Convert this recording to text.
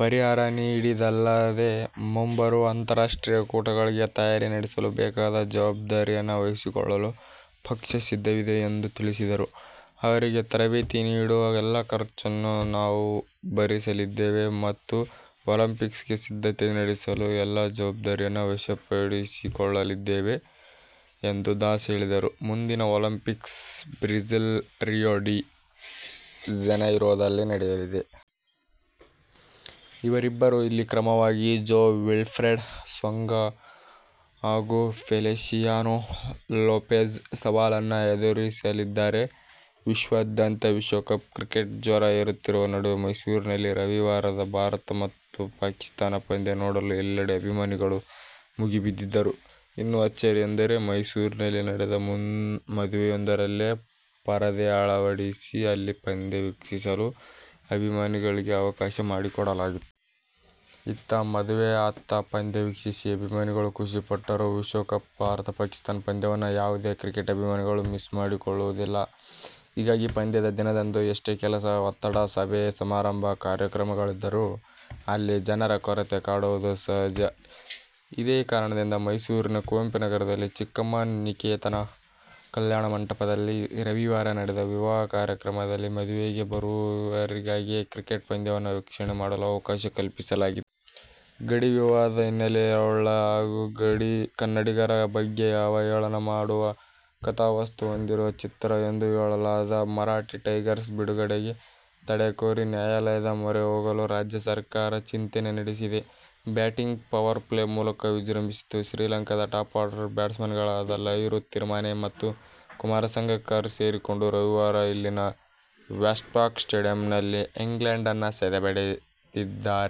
ಪರಿಹಾರ ನೀಡಿದರಲ್ಲದೇ ಮುಂಬರುವ ಅಂತಾರಾಷ್ಟ್ರೀಯ ಕೂಟಗಳಿಗೆ ತಯಾರಿ ನಡೆಸಲು ಬೇಕಾದ ಜವಾಬ್ದಾರಿಯನ್ನು ವಹಿಸಿಕೊಳ್ಳಲು ಪಕ್ಷ ಸಿದ್ಧವಿದೆ ಎಂದು ತಿಳಿಸಿದರು. ಅವರಿಗೆ ತರಬೇತಿ ನೀಡುವ ಎಲ್ಲ ಖರ್ಚನ್ನು ನಾವು ಭರಿಸಲಿದ್ದೇವೆ ಮತ್ತು ಒಲಿಂಪಿಕ್ಸ್ಗೆ ಸಿದ್ಧತೆ ನಡೆಸಲು ಎಲ್ಲ ಜವಾಬ್ದಾರಿಯನ್ನು ವಹಿಸಿಕೊಳ್ಳಲಿದ್ದೇವೆ ಎಂದು ದಾಸ್ ಹೇಳಿದರು. ಮುಂದಿನ ಒಲಿಂಪಿಕ್ಸ್ ಬ್ರಝಿಲ್ನ ರಿಯೊ ಡಿ ಜನೈರೊದಲ್ಲಿ ನಡೆಯಲಿದೆ. ಇವರಿಬ್ಬರು ಇಲ್ಲಿ ಕ್ರಮವಾಗಿ ಜೋ ವಿಲ್ಫ್ರೆಡ್ ಸೋಂಗ ಹಾಗೂ ಫೆಲಿಶಿಯಾನೊ ಲೋಪೆಜ್ ಸವಾಲನ್ನು ಎದುರಿಸಲಿದ್ದಾರೆ. ವಿಶ್ವಾದ್ಯಂತ ವಿಶ್ವಕಪ್ ಕ್ರಿಕೆಟ್ ಜ್ವರ ಏರುತ್ತಿರುವ ನಡುವೆ ಮೈಸೂರಿನಲ್ಲಿ ರವಿವಾರದ ಭಾರತ-ಪಾಕಿಸ್ಥಾನ ಪಂದ್ಯ ನೋಡಲು ಎಲ್ಲೆಡೆ ಅಭಿಮಾನಿಗಳು ಮುಗಿಬಿದ್ದಿದ್ದರು. ಇನ್ನೂ ಅಚ್ಚರಿ ಎಂದರೆ ಮೈಸೂರಿನಲ್ಲಿ ನಡೆದ ಮದುವೆಯೊಂದರಲ್ಲೇ ಪರದೆ ಅಳವಡಿಸಿ ಅಲ್ಲಿ ಪಂದ್ಯ ವೀಕ್ಷಿಸಲು ಅಭಿಮಾನಿಗಳಿಗೆ ಅವಕಾಶ ಮಾಡಿಕೊಡಲಾಗಿತ್ತು. ಇತ್ತ ಮದುವೆ, ಅತ್ತ ಪಂದ್ಯ ವೀಕ್ಷಿಸಿ ಅಭಿಮಾನಿಗಳು ಖುಷಿಪಟ್ಟರು. ವಿಶ್ವ ಕಪ್ನ ಭಾರತ-ಪಾಕಿಸ್ಥಾನ ಪಂದ್ಯವನ್ನು ಯಾವುದೇ ಕ್ರಿಕೆಟ್ ಅಭಿಮಾನಿಗಳು ಮಿಸ್ ಮಾಡಿಕೊಳ್ಳು ವುದಿಲ್ಲ. ಹೀಗಾಗಿ ಪಂದ್ಯದ ದಿನದಂದು ಎಷ್ಟೇ ಕೆಲಸ, ಒತ್ತಡ, ಸಭೆ, ಸಮಾರಂಭ, ಕಾರ್ಯಕ್ರಮಗಳಿದ್ದರೂ ಅಲ್ಲಿ ಜನರ ಕೊರತೆ ಕಾಡುವುದು ಸಹಜ. ಇದೇ ಕಾರಣದಿಂದ ಮೈಸೂರಿನ ಕುವೆಂಪುನಗರದ ಚಿಕ್ಕಮ್ಮಾ ನಿಕೇತನ ಕಲ್ಯಾಣ ಮಂಟಪದಲ್ಲಿ ರವಿವಾರ ನಡೆದ ವಿವಾಹ ಕಾರ್ಯಕ್ರಮದಲ್ಲಿ ಮದುವೆಗೆ ಬರುವವರಿಗಾಗಿಯೇ ಕ್ರಿಕೆಟ್ ಪಂದ್ಯವನ್ನು ವೀಕ್ಷಣೆ ಮಾಡಲು ಅವಕಾಶ ಕಲ್ಪಿಸಲಾಗಿತ್ತು. ಗಡಿ ವಿವಾದದ ಹಿನ್ನೆಲೆಯುಳ್ಳ ಹಾಗೂ ಕನ್ನಡಿಗರ ಬಗ್ಗೆ ಅವಹೇಳನ ಮಾಡುವ ಕಥಾವಸ್ತು ಹೊಂದಿರುವ ಚಿತ್ರ ಎಂದು ಹೇಳಲಾದ "ಮರಾಠಿ ಟೈಗರ್ಸ್' ಬಿಡುಗಡೆಗೆ ತಡೆ ಕೋರಿ ನ್ಯಾಯಾಲಯದ ಮೊರೆ ಹೋಗಲು ರಾಜ್ಯ ಸರ್ಕಾರ ಚಿಂತನೆ ನಡೆಸಿದೆ. ಬ್ಯಾಟಿಂಗ್ ಪವರ್-ಪ್ಲೇ ಮೂಲಕ ವಿಜೃಂಭಿಸಿದ ಶ್ರೀಲಂಕಾದ ಟಾಪ್ ಆರ್ಡರ್ ಬ್ಯಾಟ್ಸ್ಮನ್ಗಳಾದ ಲಹಿರು ತಿರಿಮಾನೆ ಮತ್ತು ಕುಮಾರ ಸಂಗಕ್ಕರ ಸೇರಿಕೊಂಡು ರವಿವಾರ ಇಲ್ಲಿನ "ವೆಸ್ಟ್ಪಾಕ್ ಸ್ಟೇಡಿಯಂ'ನಲ್ಲಿ ಇಂಗ್ಲೆಂಡನ್ನು ಸದೆಬಡಿದಿದ್ದಾರೆ.